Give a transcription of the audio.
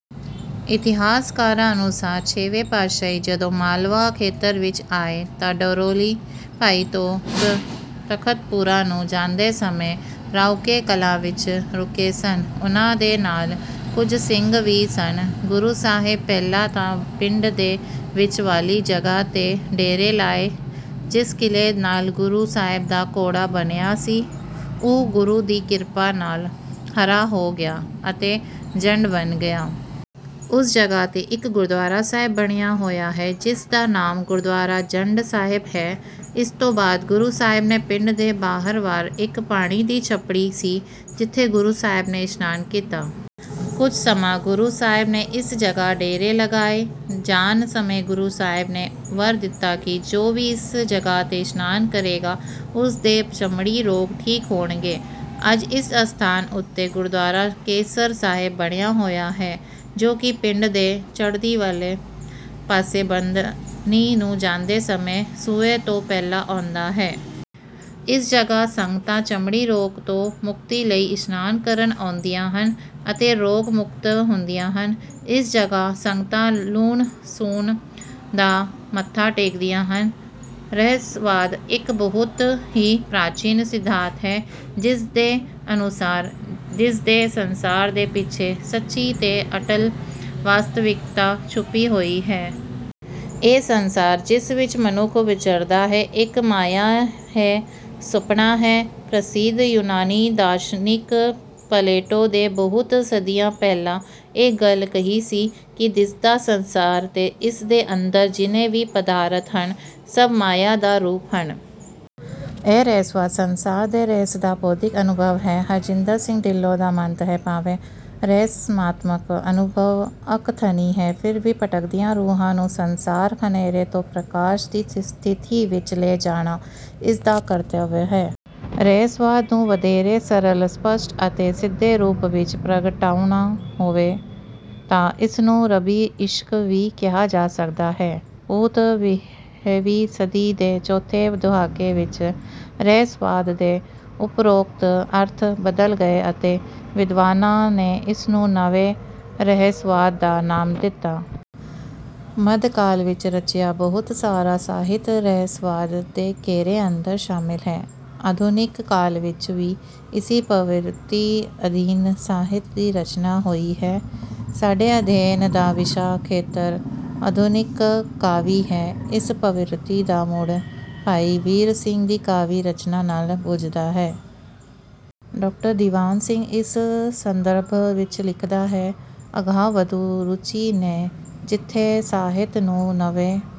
ਇਤਿਹਾਸਕਾਰਾਂ ਅਨੁਸਾਰ ਛੇਵੇਂ ਪਾਤਸ਼ਾਹ ਜਦੋਂ ਮਾਲਵਾ ਖੇਤਰ ਵਿੱਚ ਆਏ ਤਾਂ ਡਰੋਲੀ ਭਾਈ ਤੋਂ ਤਖਤੂਪੁਰਾ ਨੂੰ ਜਾਂਦੇ ਸਮੇਂ ਰਾਊਕੇ ਕਲਾਂ ਵਿੱਚ ਰੁਕੇ ਸਨ। ਉਨ੍ਹਾਂ ਦੇ ਨਾਲ ਕੁਝ ਸਿੰਘ ਵੀ ਸਨ। ਗੁਰੂ ਸਾਹਿਬ ਪਹਿਲਾਂ ਤਾਂ ਪਿੰਡ ਦੇ ਵਿੱਚ ਵਾਲੀ ਜਗ੍ਹਾ ਤੇ ਡੇਰੇ ਲਾਏ ਜਿਸ ਕਿੱਲੇ ਨਾਲ ਗੁਰੂ ਸਾਹਿਬ ਦਾ ਘੋੜਾ ਬੰਨਿਆ ਸੀ ਉਹ ਗੁਰੂ ਦੀ ਕਿਰਪਾ ਨਾਲ ਹਰਾ ਹੋ ਗਿਆ ਅਤੇ ਜੰਡ ਬਣ ਗਿਆ। ਉਸ ਜਗ੍ਹਾ ਤੇ ਇੱਕ ਗੁਰਦੁਆਰਾ ਸਾਹਿਬ ਬਣਿਆ ਹੋਇਆ ਹੈ ਜਿਸ ਦਾ ਨਾਮ ਗੁਰਦੁਆਰਾ ਜੰਡ ਸਾਹਿਬ ਹੈ। ਇਸ ਤੋਂ ਬਾਅਦ ਗੁਰੂ ਸਾਹਿਬ ਨੇ ਪਿੰਡ ਦੇ ਬਾਹਰਵਾਰ ਇੱਕ ਪਾਣੀ ਦੀ ਛੱਪੜੀ ਸੀ ਜਿੱਥੇ ਗੁਰੂ ਸਾਹਿਬ ਨੇ ਇਸ਼ਨਾਨ ਕੀਤਾ। ਕੁਝ ਸਮਾਂ ਗੁਰੂ ਸਾਹਿਬ ਨੇ ਇਸ ਜਗ੍ਹਾ ਡੇਰੇ ਲਗਾਏ। ਜਾਣ ਸਮੇਂ ਗੁਰੂ ਸਾਹਿਬ ਨੇ ਵਰ ਦਿੱਤਾ ਕਿ ਜੋ ਵੀ ਇਸ ਜਗ੍ਹਾ ਤੇ ਇਸ਼ਨਾਨ ਕਰੇਗਾ ਉਸ ਦੇ ਚਮੜੀ ਰੋਗ ਠੀਕ ਹੋਣਗੇ। ਅੱਜ ਇਸ ਅਸਥਾਨ ਉੱਤੇ ਗੁਰਦੁਆਰਾ ਕੇਸਰ ਸਾਹਿਬ ਬਣਿਆ ਹੋਇਆ ਹੈ ਜੋ ਕਿ ਪਿੰਡ ਦੇ ਚੜ੍ਹਦੀ ਵਾਲੇ ਪਾਸੇ ਬੱਧਨੀ ਨੂੰ ਜਾਂਦੇ ਸਮੇਂ ਸੂਏ ਤੋਂ ਪਹਿਲਾਂ ਆਉਂਦਾ ਹੈ। ਇਸ ਜਗ੍ਹਾ ਸੰਗਤਾਂ ਚਮੜੀ ਰੋਗ ਤੋਂ ਮੁਕਤੀ ਲਈ ਇਸ਼ਨਾਨ ਕਰਨ ਆਉਂਦੀਆਂ ਹਨ ਅਤੇ ਰੋਗ ਮੁਕਤ ਹੁੰਦੀਆਂ ਹਨ। ਇਸ ਜਗ੍ਹਾ ਸੰਗਤਾਂ ਲੂਣ ਸੂਣ ਦਾ ਮੱਥਾ ਟੇਕਦੀਆਂ ਹਨ। ਰਹੱਸਵਾਦ ਇੱਕ ਬਹੁਤ ਹੀ ਪ੍ਰਾਚੀਨ ਸਿਧਾਂਤ ਹੈ ਜਿਸ ਦੇ ਅਨੁਸਾਰ ਦਿਸਦੇ ਸੰਸਾਰ ਦੇ ਪਿੱਛੇ ਸੱਚੀ ਤੇ ਅਟੱਲ ਵਾਸਤਵਿਕਤਾ ਛੁਪੀ ਹੋਈ ਹੈ। ਇਹ ਸੰਸਾਰ ਜਿਸ ਵਿੱਚ ਮਨੁੱਖ ਵਿਚਰਦਾ ਹੈ ਇੱਕ ਮਾਇਆ ਹੈ ਸੁਪਨਾ ਹੈ। ਪ੍ਰਸਿੱਧ ਯੂਨਾਨੀ ਦਾਰਸ਼ਨਿਕ ਪਲੈਟੋ ਨੇ ਬਹੁਤ ਸਦੀਆਂ ਪਹਿਲਾਂ ਇਹ ਗੱਲ ਕਹੀ ਸੀ ਕਿ ਦਿਸਦਾ ਸੰਸਾਰ ਤੇ ਇਸ ਦੇ ਅੰਦਰ ਜਿੰਨੇ ਵੀ ਪਦਾਰਥ ਹਨ ਸਭ ਮਾਇਆ ਦਾ ਰੂਪ ਹਨ। ਇਹ ਰਹੱਸਵਾਦ ਸੰਸਾਰ ਦੇ ਰਹੱਸ ਦਾ ਬੌਧਿਕ ਅਨੁਭਵ ਹੈ। ਹਰਜਿੰਦਰ ਸਿੰਘ ਢਿੱਲੋਂ ਦਾ ਮੱਤ ਹੈ ਭਾਵੇਂ ਰਹੱਸਾਤਮਕ ਅਨੁਭਵ ਅਕਥਨੀ ਹੈ ਫਿਰ ਵੀ ਭਟਕਦੀਆਂ ਰੂਹਾਂ ਨੂੰ ਸੰਸਾਰਕ ਹਨੇਰੇ ਤੋਂ ਪ੍ਰਕਾਸ਼ ਦੀ ਸਥਿਤੀ ਵਿੱਚ ਲੈ ਜਾਣਾ ਇਸ ਦਾ ਕਰਤਵ ਹੈ। ਰਹੱਸਵਾਦ ਨੂੰ ਵਧੇਰੇ ਸਰਲ ਸਪਸ਼ਟ ਅਤੇ ਸਿੱਧੇ ਰੂਪ ਵਿੱਚ ਪ੍ਰਗਟਾਉਣਾ ਹੋਵੇ ਤਾਂ ਇਸ ਨੂੰ ਰੱਬੀ ਇਸ਼ਕ ਵੀ ਕਿਹਾ ਜਾ ਸਕਦਾ ਹੈ। ਪ੍ਰੰਤੂ ਵੀਹਵੀਂ ਸਦੀ ਦੇ ਚੌਥੇ ਦਹਾਕੇ ਵਿੱਚ ਰਹੱਸਵਾਦ ਦੇ ਉਪਰੋਕਤ ਅਰਥ ਬਦਲ ਗਏ ਅਤੇ ਵਿਦਵਾਨਾਂ ਨੇ ਇਸ ਨੂੰ ਨਵੇਂ ਰਹੱਸਵਾਦ ਦਾ ਨਾਮ ਦਿੱਤਾ। ਮੱਧਕਾਲ ਵਿੱਚ ਰਚਿਆ ਬਹੁਤ ਸਾਰਾ ਸਾਹਿਤ ਰਹੱਸਵਾਦ ਦੇ ਘੇਰੇ ਅੰਦਰ ਸ਼ਾਮਲ ਹੈ। ਆਧੁਨਿਕ ਕਾਲ ਵਿੱਚ ਵੀ ਇਸੇ ਪ੍ਰਵਿਰਤੀ ਅਧੀਨ ਸਾਹਿਤ ਦੀ ਰਚਨਾ ਹੋਈ ਹੈ। ਸਾਡੇ ਅਧਿਐਨ ਦਾ ਵਿਸ਼ਾ ਖੇਤਰ ਆਧੁਨਿਕ ਕਾਵਿ ਹੈ। ਇਸ ਪ੍ਰਵਿਰਤੀ ਦਾ ਮੁੱਢ ਭਾਈ ਵੀਰ ਸਿੰਘ ਦੀ ਕਾਵਿ ਰਚਨਾ ਨਾਲ ਬੱਝਦਾ ਹੈ। ਡਾਕਟਰ ਦੀਵਾਨ ਸਿੰਘ ਇਸ ਸੰਦਰਭ ਵਿੱਚ ਲਿਖਦਾ ਹੈ ਅਗਾਂਹਵਧੂ ਰੁਚੀ ਨੇ ਜਿੱਥੇ ਸਾਹਿਤ ਨੂੰ ਨਵੇਂ